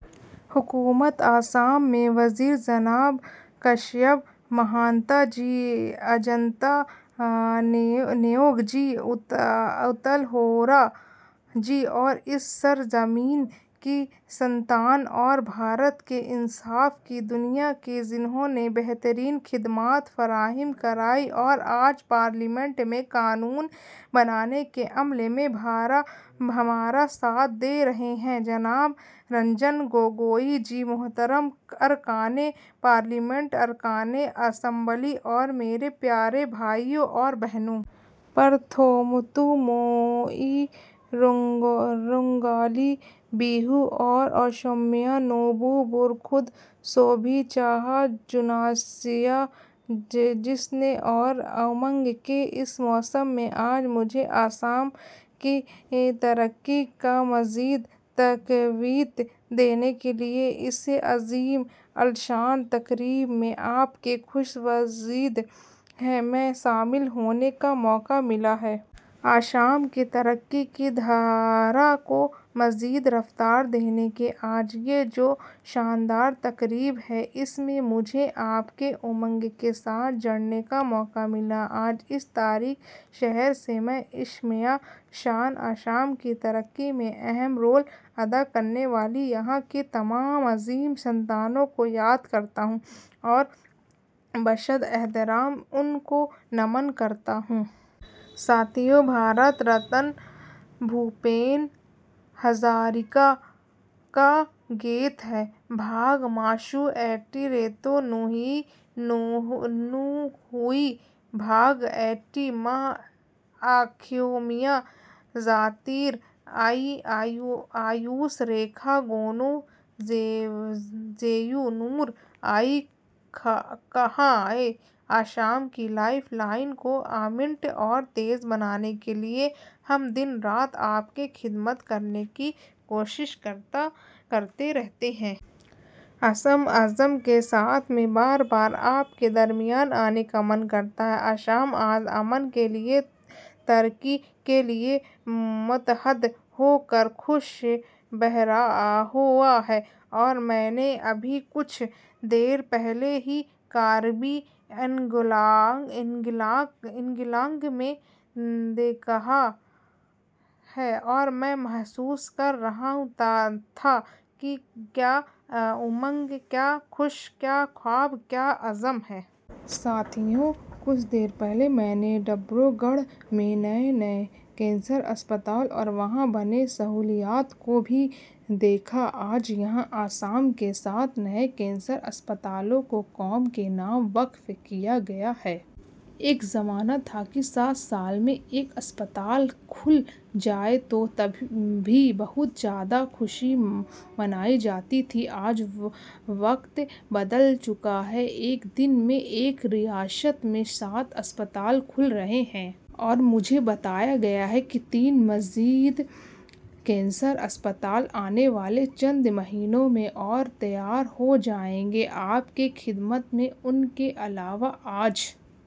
حکومتِ آسام میں وزیر جناب کیشب مہانتا جی، اجنتا نیوگ جی، اتل بورا جی اور اسی سرزمین کی سنتان اور بھارت کی انصاف کی دنیا کو، جنہوں نے بہترین خدمات فراہم کرائیں اور آج پارلیمنٹ میں قانون بنانے کے عمل میں ہمارا ساتھ دے رہے ہیں، جناب رنجن گوگوئی جی، محترم ارکانِ پارلیمنٹ، ارکانِ اسمبلی اور میرے پیارے بھائیو اور بہنو! پرتھوموتے موئی رونگالی بیہو، آرو آسومیا نوبو بورخور شوبھےچھا جونائیسو! جشن اور امنگ کے اس موسم میں آج مجھے آسام کی ترقی کو مزید تقویت دینے کے لیے اس عظیم الشان تقریب میں آپ کے جوش و جذبے میں شامل ہونے کا موقع ملا ہے۔ آسام کی ترقی کی دھارا کو مزید رفتار دینے کی آج یہ جو شاندار تقریب ہے، اس میں مجھے آپ کی امنگ کے ساتھ جڑنے کا موقع ملا ہے۔ آج اس تاریخی شہر سے میں اسمیا شان، آسام کی ترقی میں اہم رول ادا کرنے والی یہاں کی تمام عظیم سنتانوں کو یاد کرتا ہوں اور بصد احترام ان کو نمن کرتا ہوں۔ ساتھیو، بھارت رتن بھوپین ہزاریکا کا گیت ہے- بہاغ ماثو ایٹی ریتو نوہوئی، نوہوئی بہاغ ایٹی ماہ، آکھومیا جاتیر ای آیوش ریکھا، گونو جیونور ای کھاہ! آسام کی لائف لائن کو انمٹ اور تیز بنانے کے لیے، ہم دن رات آپ کی خدمت کرنے کی کوشش کرتے رہتے ہیں۔ اسی عزم کے ساتھ میں بار بار آپ کے درمیان آنے کا من کرتا ہے۔ آسام آج امن کے لیے، ترقی کے لیے متحد ہو کر جوش سے بھرا ہوا ہے، اور میں نے ابھی کچھ دیر پہلے ہی کاربی آنگلانگ میں دیکھا ہے اور میں محسوس کر رہا تھا کہ کیا امنگ، کیا جوش، کیا خواب، کیا عزم ہے۔ ساتھیو، کچھ دیر پہلے میں نے ڈبرو گڑھ میں نئے بنے کینسر اسپتال اور وہاں بنی سہولیات کو بھی دیکھا۔ آج یہاں آسام کے سات نئے کینسر اسپتالوں کو قوم کے نام وقف کیا گیا ہے۔ ایک زمانہ تھا کہ سات سال میں ایک اسپتال کھل جائے تو بھی بہت زیادہ خوشی منائی جاتی تھی۔ آج وقت بدل چکا ہے، ایک دن میں ایک ریاست میں سات اسپتال کھل رہے ہیں۔ اور مجھے بتایا گیا ہے کہ تین مزید کینسر اسپتال آنے والے چند مہینوں میں اور تیار ہو جائیں گے آپ کی خدمت میں۔ ان کے علاوہ آج...